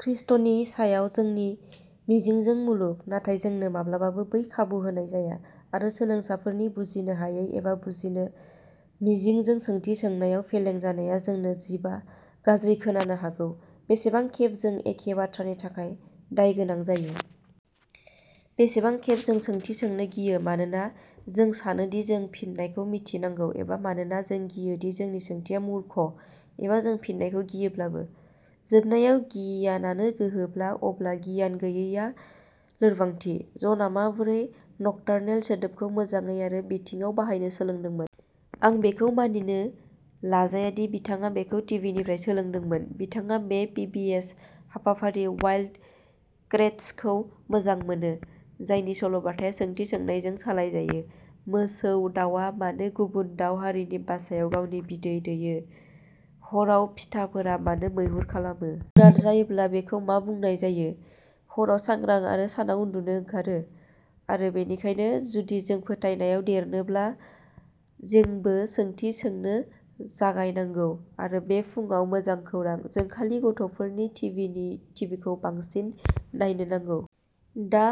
ख्रीष्टनि सायाव जोंनि मिजिंजों मुलुग। नाथाय जोंनो माब्लाबाबो बै खाबु होनाय जाया। आरो सोलोंसाफोरनि बुजिनो हायै एबा बुजिनो मिजिंजों सोंथि सोंनायाव फेलें जानाया जोंनो जिबा गाज्रि खोनानो हागौ, बेसेबां खेब जों एखे बाथ्रानि थाखाय दायगोनां जायो? बेसेबां खेब जों सोंथि सोंनो गियो मानोना जों सानो दि जों फिननायखौ मिथिनांगौ, एबा मानोना जों गियो दि जोंनि सोंथिया मूर्ख, एबा जों फिननायखौ गियोब्लाबो? जोबनायाव, गियानानो गोहोब्ला, अब्ला गियान गैयैआ लोरबांथि। जनआ माबोरै "नक्टार्नेल" सोदोबखौ मोजाङै आरो बिथिङाव बाहायनो सोलोंदोंमोन? आं बेखौ मानिनो लाजाया दि बिथाङा बेखौ टिभिनिफ्राय सोलोंदोंमोन। बिथाङा बे पिबिएस हाबाफारि वाइल्ड क्रेट्सखौ मोजां मोनो, जायनि सल'बाथाया सोंथि सोंनायजों सालायजायो। मोसौ दाउआ मानो गुबुन दाउ हारिनि बासाआव गावनि बिदै दैयो? हराव फिटाफोरा मानो मैहुर खालामो? जुनार जायोब्ला बेखौ मा बुंनाय जायो? हराव सांग्रां आरो सानाव उन्दुनो ओंखारो? आरो बेनिखायनो, जुदि जों फोथायनायाव देरनोब्ला, जोंबो सोंथि सोंनो जागायनांगौ। आरो बे फुंआव मोजां खौरांः जों खालि गथ'फोरनि टिभिनि टिभिखौ बांसिन नायनो नांगौ। दा,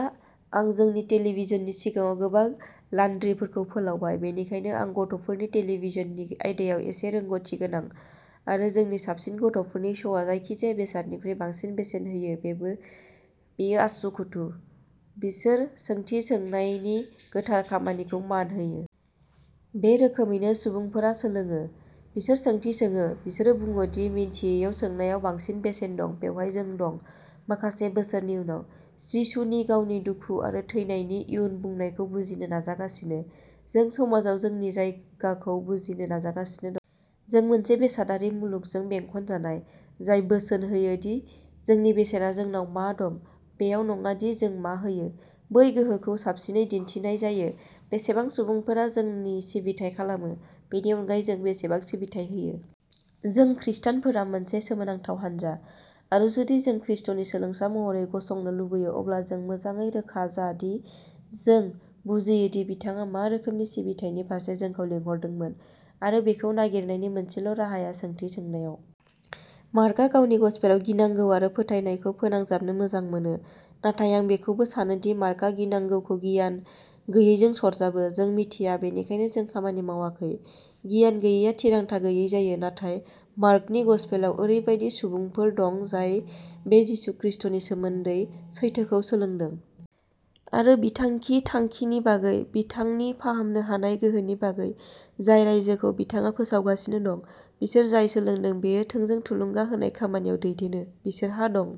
आं जोंनि टेलिभिजननि सिगाङाव गोबां लान्ड्रिफोरखौ फोलावबाय, बेनिखायनो आं गथ'फोरनि टेलिभिजननि आयदायाव एसे रोंग'थिगोनां, आरो जोंनि साबसिन गथ'फोरनि श'आ जायखि-जाया बेसादनिख्रुइ बांसिन बेसेन होयो बेयो उसुखुथु। बिसोर सोंथि सोंनायनि गोथार खामानिखौ मान होयो। बे रोखोमैनो सुबुंफोरा सोलोङोः बिसोर सोंथि सोङो। बिसोरो बुङो दि मिन्थियैयाव सोंनायाव बांसिन बेसेन दं। बेवहाय जों दं, माखासे बोसोरनि उनाव। जिसुनि गावनि दुखु आरो थैनायनि इयुन बुंनायखौ बुजिनो नाजागासिनो। जों समाजाव जोंनि जायगाखौ बुजिनो नाजागासिनो दं। जों मोनसे बेसादारि मुलुगजों बेंखनजानाय। जाय बोसोन होयो दि जोंनि बेसेना जोंनाव मा दं, बेयाव नङा दि जों मा होयो। बै गोहोखौ साबसिनै दिन्थिनाय जायो बेसेबां सुबुंफोरा जोंनि सिबिथाइ खालामो, बेनि अनगायै जों बेसेबां सिबिथाइ होयो। जों खृष्टानफोरा मोनसे सोमोनांथाव हान्जा, आरो जुदि जों खृष्टनि सोलोंसा महरै गसंनो लुबैयो, अब्ला जों मोजाङै रोखा जा दि जों बुजियोदि बिथाङा मा रोखोमनि सिबिथायनि फारसे जोंखौ लिंहरदोंमोन। आरो बेखौ नागिरनायनि मोनसेल'राहाया सोंथि सोंनायाव। मार्कआ गावनि गसपेलाव गिनांगौ आरो फोथायनायखौ फोनांजाबनो मोजां मोनो। नाथाय आं बेखौबो सानो दि मार्कआ गिनांगौखौ गियान गैयैजों सरजाबो। जों मिथिया, बेनिखायनो जों खामानि मावाखै। गियान गैयैआ थिरांथा गैयै जायो। नाथाय, मार्कनि गसपेलाव ओरैबायदि सुबुंफोर दं जाय बे जिसु खृष्टनि सोमोन्दै सैथोखौ सोलोंदों। आरो बिथांखि थांखिनि बागै, बिथांनि फाहामनो हानाय गोहोनि बागै, जाय रायजोखौ बिथाङा फोसावगासिनो दं, बिसोर जाय सोलोंदों, बेयो थोंजों थुलुंगा होनाय खामानियाव दैदेनो। बिसोरहा दं।